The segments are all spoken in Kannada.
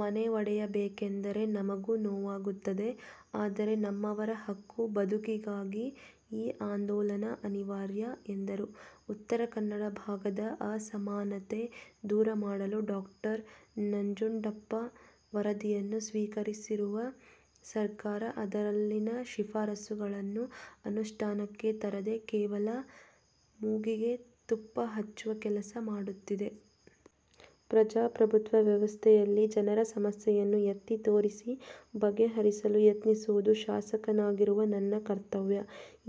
ಮನೆ ಒಡೆಯಬೇಕೆಂದರೆ ನಮಗೂ ನೋವಾಗುತ್ತದೆ. ಆದರೆ, ನಮ್ಮವರ ಹಕ್ಕು, ಬದುಕಿಗಾಗಿ ಈ ಆಂದೋಲನ ಅನಿವಾರ್ಯ' ಎಂದರು. ಉ. ಕ ಭಾಗದ ಅಸಮಾನತೆ ದೂರ ಮಾಡಲು ಡಾ. ನಂಜುಂಡಪ್ಪ ವರದಿಯನ್ನು ಸ್ವೀಕರಿಸಿರುವ ಸರ್ಕಾರ ಅದರಲ್ಲಿನ ಶಿಫಾರಸುಗಳನ್ನು ಅನುಷ್ಠಾನಕ್ಕೆ ತರದೇ ಕೇವಲ ಮೂಗಿಗೆ ತುಪ್ಪ ಹಚ್ಚುವ ಕೆಲಸ ಮಾಡುತ್ತಿದೆ. ಪ್ರಜಾಪ್ರಭುತ್ವ ವ್ಯವಸ್ಥೆಯಲ್ಲಿ ಜನರ ಸಮಸ್ಯೆಯನ್ನು ಎತ್ತಿ ತೋರಿಸಿ, ಬಗೆಹರಿಸಲು ಯತ್ನಿಸುವುದು ಶಾಸಕನಾಗಿರುವ ನನ್ನ ಕರ್ತವ್ಯ.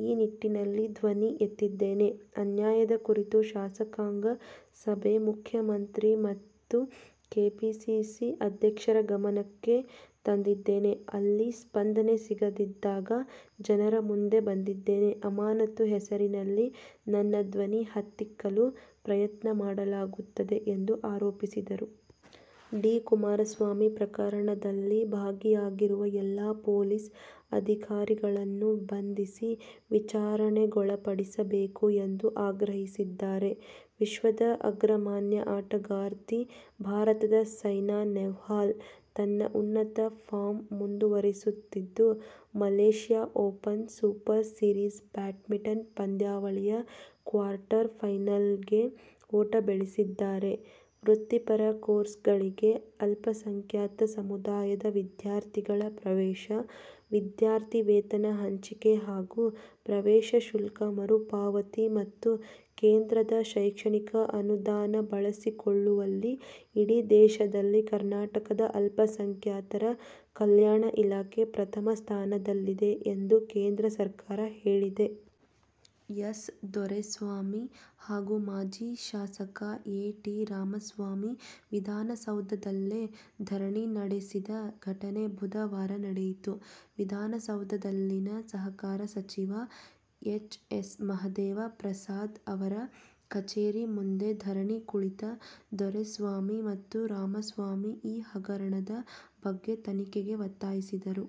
ಈ ನಿಟ್ಟಿನಲ್ಲಿ ಧ್ವನಿ ಎತ್ತಿದ್ದೇನೆ. ಅನ್ಯಾಯದ ಕುರಿತು ಶಾಸಕಾಂಗ ಸಭೆ, ಮುಖ್ಯಮಂತ್ರಿ ಮತ್ತು ಕೆಪಿಸಿಸಿ ಅಧ್ಯಕ್ಷರ ಗಮನಕ್ಕೆ ತಂದಿದ್ದೇನೆ. ಅಲ್ಲಿ ಸ್ಪಂದನೆ ಸಿಗದಿದ್ದಾಗ ಜನರ ಮುಂದೆ ಬಂದಿದ್ದೇನೆ. ಅಮಾನತು ಹೆಸರಿನಲ್ಲಿ ನನ್ನ ಧ್ವನಿ ಹತ್ತಿಕ್ಕಲು ಪ್ರಯತ್ನ ಮಾಡಲಾಗುತ್ತಿದೆ' ಎಂದು ಆರೋಪಿಸಿದರು. ಡಿ. ಕುಮಾರಸ್ವಾಮಿ, ಪ್ರಕರಣದಲ್ಲಿ ಭಾಗಿಯಾಗಿರುವ ಎಲ್ಲ ಪೊಲೀಸ್ ಅಧಿಕಾರಿಗಳನ್ನು ಬಂಧಿಸಿ ವಿಚಾರಣೆಗೊಳಪಡಿಸಬೇಕು ಎಂದು ಆಗ್ರಹಿಸಿದ್ದಾರೆ. ವಿಶ್ವದ ಅಗ್ರಮಾನ್ಯ ಆಟಗಾರ್ತಿ ಭಾರತದ ಸೈನಾ ನೆಹ್ವಾಲ್ ತನ್ನ ಉನ್ನತ ಫಾರ್ಮ್ ಮುಂದುವರಿಸುತ್ತಿದ್ದು, Malaysia Open Super Series badminton ಪಂದ್ಯಾವಳಿಯ ಕ್ವಾರ್ಟರ್ ಫೈನಲ್ಗೆ ಓಟ ಬೆಳೆಸಿದ್ದಾರೆ. ವೃತ್ತಿಪರ ಕೋರ್ಸ್ಗಳಿಗೆ ಅಲ್ಪಸಂಖ್ಯಾತ ಸಮುದಾಯದ ವಿದ್ಯಾರ್ಥಿಗಳ ಪ್ರವೇಶ, ವಿದ್ಯಾರ್ಥಿ ವೇತನ ಹಂಚಿಕೆ ಹಾಗೂ ಪ್ರವೇಶ ಶುಲ್ಕ ಮರುಪಾವತಿ ಮತ್ತು ಕೇಂದ್ರದ ಶೈಕ್ಷಣಿಕ ಅನುದಾನ ಬಳಸಿಕೊಳ್ಳುವಲ್ಲಿ ಇಡೀ ದೇಶದಲ್ಲಿ ಕರ್ನಾಟಕದ ಅಲ್ಪಸಂಖ್ಯಾತರ ಕಲ್ಯಾಣ ಇಲಾಖೆ ಪ್ರಥಮ ಸ್ಥಾನದಲ್ಲಿದೆ ಎಂದು ಕೇಂದ್ರ ಸರ್ಕಾರ ಹೇಳಿದೆ. ಎಸ್ ದೊರೆಸ್ವಾಮಿ ಹಾಗೂ ಮಾಜಿ ಶಾಸಕ ಎ. ಟಿ. ರಾಮಸ್ವಾಮಿ ವಿಧಾನಸೌಧದಲ್ಲೇ ಧರಣಿ ನಡೆಸಿದ ಘಟನೆ ಬುಧವಾರ ನಡೆಯಿತು. ವಿಧಾನಸೌಧದಲ್ಲಿನ ಸಹಕಾರ ಸಚಿವ ಎಚ್. ಎಸ್. ಮಹದೇವ ಪ್ರಸಾದ್ ಅವರ ಕಚೇರಿ ಮುಂದೆ ಧರಣಿ ಕುಳಿತ ದೊರೆಸ್ವಾಮಿ ಮತ್ತು ರಾಮಸ್ವಾಮಿ ಈ ಹಗರಣದ ಬಗ್ಗೆ ತನಿಖೆಗೆ ಒತ್ತಾಯಿಸಿದರು.